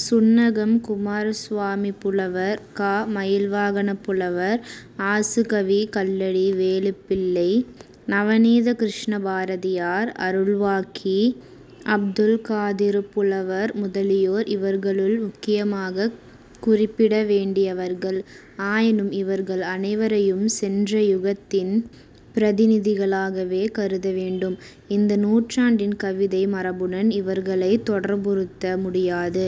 சுன்னாகம் குமாரசுவாமிப்புலவர், க. மயில்வாகனப் புலவர், ஆசுகவி கல்லடி வேலுப்பிள்ளை, நவநீதகிருஷ்ணபாரதியார், அருள்வாக்கி அப்துல்காதிறுப் புலவர் முதலியோர் இவர்களுள் முக்கியமாகக் குறிப்பிடவேண்டியவர்கள். ஆயினும் இவர்கள் அனைவரையும் சென்ற யுகத்தின் பிரதிநிதிகளாகவே கருதவேண்டும். இந்த நூற்றாண்டின் கவிதை மரபுடன் இவர்களைத் தொடர்புறுத்த முடியாது.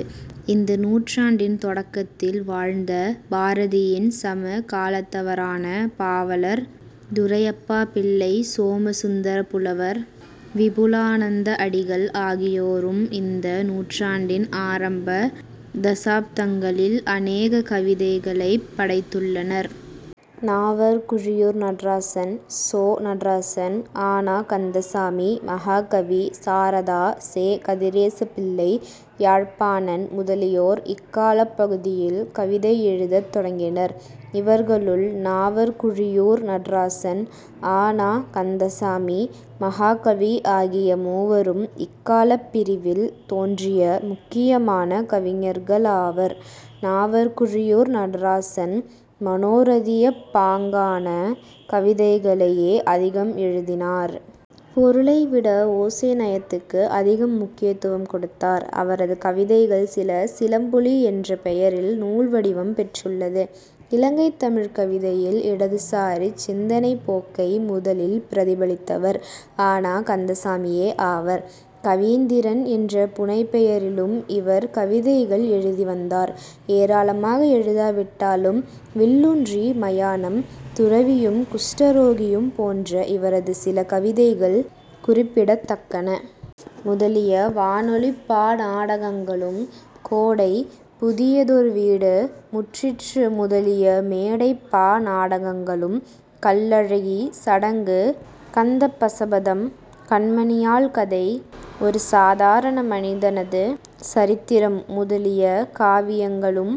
இந்த நூற்றாண்டின் தொடக்கத்தில் வாழ்ந்த, பாரதியின் சம காலத்தவரான பாவலர் துரையப்பாபிள்ளை, சோம சுந்தரப்புலவர், விபுலானந்த அடிகள் ஆகியோரும் இந்த நூற்றாண்டின் ஆரம்ப தசாப்தங்களில் அநேக கவிதைகளைப் படைத்துள்ளனர். நாவற் குழியூர் நடராசன், சோ. நடராசன், அ. ந. கந்தசாமி, மஹாகவி, சாரதா, செ. கதிரேசபிள்ளை, யாழ்ப்பாணன் முதலியோர், இக்காலப் பகுதியில் கவிதை எழுதத் தொடங்கினர். இவர்களுள் நாவற்குழியூர் நடராசன், அ. ந. கந்தசாமி, மஹாகவி ஆகிய மூவரும் இக்காலப்பிரிவில் தோன்றிய முக்கியமான கவிஞர்களாவர். நாவற்குழியூர் நடராசன் மனோரதியப் பாங்கான கவிதைகளையே அதிகம் எழுதினார். பொருளைவிட ஒசைநயத்துக்கு அதிகம் முக்கியத்துவம் கொடுத்தார். அவரது கவிதைகள் சில 'சிலம்பொலி' என்ற பெயரில் நூல்வடிவம் பெற்றுள்ளது. இலங்கைத் தமிழ் கவிதையில் இடதுசாரிச் சிந்தனை போக்கை முதலில் பிரதிபலித்தவர் அ. ந. கந்தசாமியே ஆவர். 'கவீந்திரன்' என்ற புனைபெயரிலும் இவர் கவிதைகள் எழுதிவந்தார். ஏராளமாக எழுதாவிட்டாலும் வில்லூன்றி மயானம், துறவியும் குஸ்டரோகியும் போன்ற இவரது சில கவிதைகள் குறிப்பிடத்தக்கன. முதலிய வானொலிப் பா நாடகங்களும், கோடை, புதியதொரு வீடு, முற்றிற்று முதலிய மேடைப் பா நாடகங்களும், கல்லழகி, சடங்கு, கந்தப்பசபதம், கண்மணியாள் கதை, ஒரு சாதாரண மனிதனது சரித்திரம் முதலிய காவியங்களும்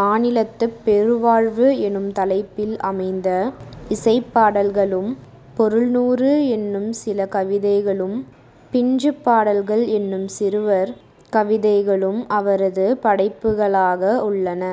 மானிலத்துப் பெரு வாழ்வு எனும் தலைப்பில் அமைந்த இசைப்பாடல்களும் பொருள்நூறு என்னும் சிறு கவிதைகளும் பிஞ்சுப் பாடல்கள் என்னும் சிறுவர் கவிதைகளும் அவரது படைப்புக்களாக உள்ளன.